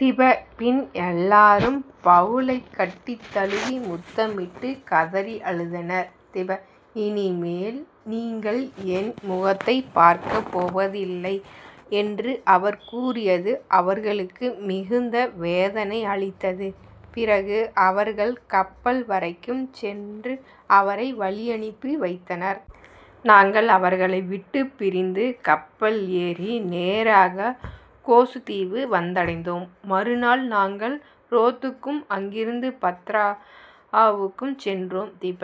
திப. பின் எல்லாரும் பவுலைக் கட்டித் தழுவி முத்தமிட்டுக் கதறி அழுதனர். திப. " இனி மேல் நீங்கள் என் முகத்தைப் பார்க்கப் போவதில்லை " என்று அவர் கூறியது அவர்களுக்கு மிகுந்த வேதனை அளித்தது. பிறகு அவர்கள் கப்பல்வரைக்கும் சென்று அவரை வழியனுப்பி வைத்தனர்.. அதிகாரம் திப. நாங்கள் அவர்களை விட்டுப் பிரிந்து கப்பல் ஏறி நேராகக் கோசு தீவு வந்தடைந்தோம். மறு நாள் நாங்கள் ரோதுக்கும் அங்கிருந்து பத்தாராவுக்கும் சென்றோம். திப.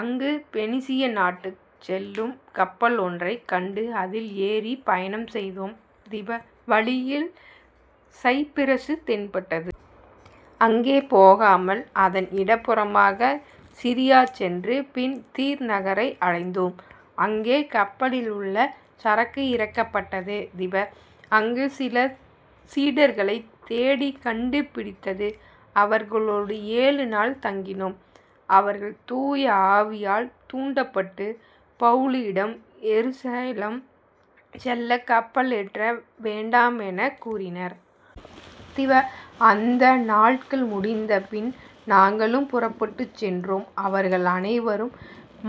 அங்கு பெனிசிய நாட்டுக்குச் செல்லும் கப்பலொன்றைக் கண்டு அதில் ஏறிப் பயணம் செய்தோம். திப. வழியில் சைப்பிரசு தென்பட்டது. அங்கே போகாமல் அதன் இடப் புறமாக சிரியா சென்று பின் தீர் நகரை அடைந்தோம். அங்கே கப்பலிலுள்ள சரக்கு இறக்கப்பட்டது. திப. அங்குச் சில சீடர்களைத் தேடிக் கண்டுபிடித்து அவர்களோடு ஏழு நாள் தங்கினோம். அவர்கள் தூய ஆவியால் தூண்டப்பட்டு பவுலிடம் எருசலேம் செல்லக் கப்பலேற வேண்டாமெனக் கூறினர். திப. அந்த நாள்கள் முடிந்தபின் நாங்கள் புறப்பட்டுச் சென்றோம். அவர்கள் அனைவரும்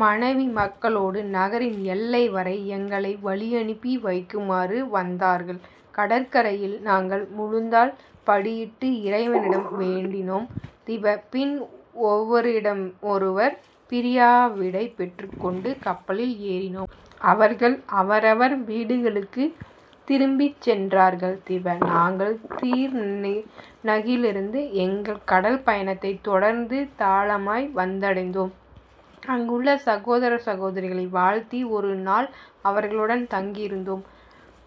மனைவி மக்களோடு நகரின் எல்லை வரை எங்களை வழி அனுப்பி வைக்குமாறு வந்தார்கள். கடற்கரையில் நாங்கள் முழந்தாள் படியிட்டு இறைவனிடம் வேண்டினோம். திப. பின் ஒவ்வரிடமொருவர் பிரியா விடை பெற்றுக் கொண்டு கப்பலில் ஏறினோம். அவர்கள் அவரவர் வீடுகளுக்குத் திரும்பிச் சென்றார்கள். திப. நாங்கள் தீர் நகிலிருந்து எங்கள் கடல் பயணத்தைத் தொடர்ந்து தாலமாய் வந்தடைந்தோம். அங்குள்ள சகோதரர் சகோதரிகளை வாழ்த்தி ஒரு நாள் அவர்களுடன் தங்கியிருந்தோம்.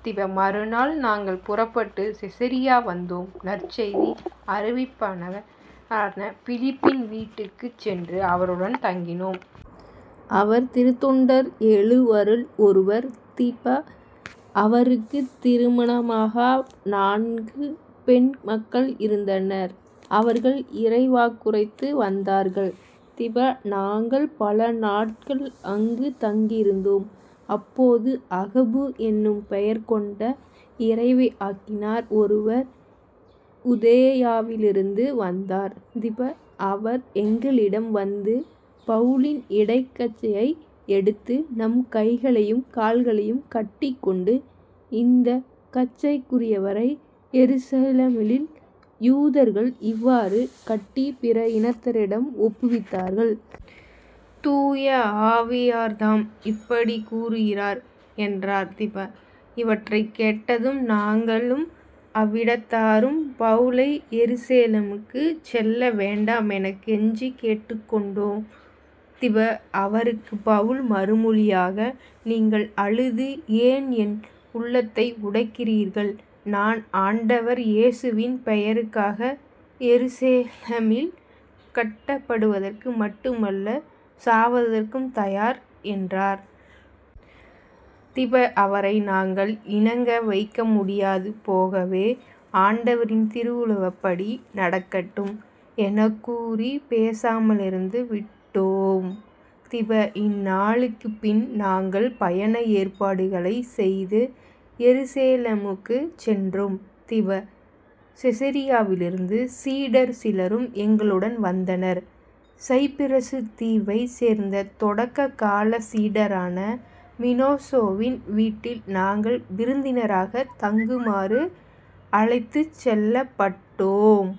திப. மறுநாள் நாங்கள் புறப்பட்டுச் செசரியா வந்தோம். நற்செய்தி அறிவிப்பவரான பிலிப்பின் வீட்டுக்குச் சென்று அவருடன் தங்கினோம். அவர் திருத்தொண்டர் எழுவருள் ஒருவர். திப. அவருக்குத் திருமணமாகா நான்கு பெண் மக்கள் இருந்தனர். அவர்கள் இறைவாக்குரைத்து வந்தார்கள். திப. நாங்கள் பல நாள்கள் அங்குத் தங்கியிருந்தோம். அப்போது அகபு என்னும் பெயர் கொண்ட இறைவாக்கினர் ஒருவர் யூதேயாவிலிருந்து வந்தார். திப. அவர் எங்களிடம் வந்து பவுலின் இடைக் கச்சையை எடுத்து தம் கைகளையும் கால்களையும் கட்டிக் கொண்டு " இந்தக் கச்சைக்குரியவரை எருசலேமில் யூதர்கள் இவ்வாறு கட்டிப் பிற இனத்தாரிடம் ஒப்புவித்தார்கள். தூய ஆவியார்தாமே இப்படிக் கூறுகிறார் " என்றார். திப. இவற்றைக் கேட்டதும் நாங்களும் அவ்விடத்தாரும் பவுலை எருசலேமுக்குச் செல்ல வேண்டாமெனக் கெஞ்சிக் கேட்டுக் கொண்டோ ம். திப. அதற்குப் பவுல் மறுமொழியாக " நீங்கள் அழுது ஏன் என் உள்ளத்தை உடைக்கிறீர்கள்? நான் ஆண்டவர் இயேசுவின் பெயருக்காக எருசலேமில் கட்டப்படுவதற்கு மட்டுமல்ல சாவதற்கும் தயார் " என்றார். திப. அவரை நாங்கள் இணங்க வைக்க முடியாது போகவே " ஆண்டவரின் திருவுளப்படி நடக்கட்டும் " எனக்கூறிப் பேசாமலிருந்து விட்டோ ம். திப. இந்நாள்களுக்குப் பின்பு நாங்கள் பயண ஏற்பாடுகளைச் செய்து எருசலேமுக்குச் சென்றோம். திப. செசரியாவிலிருந்து சீடர் சிலரும் எங்களுடன் வந்தனர். சைப்பிரசு தீவைச் சேர்ந்த தொடக்க காலச் சீடரான மினாசோவின் வீட்டில் நாங்கள் விருந்தினராகத் தங்குமாறு அழைத்துச் செல்லப்பட்டோ ம்.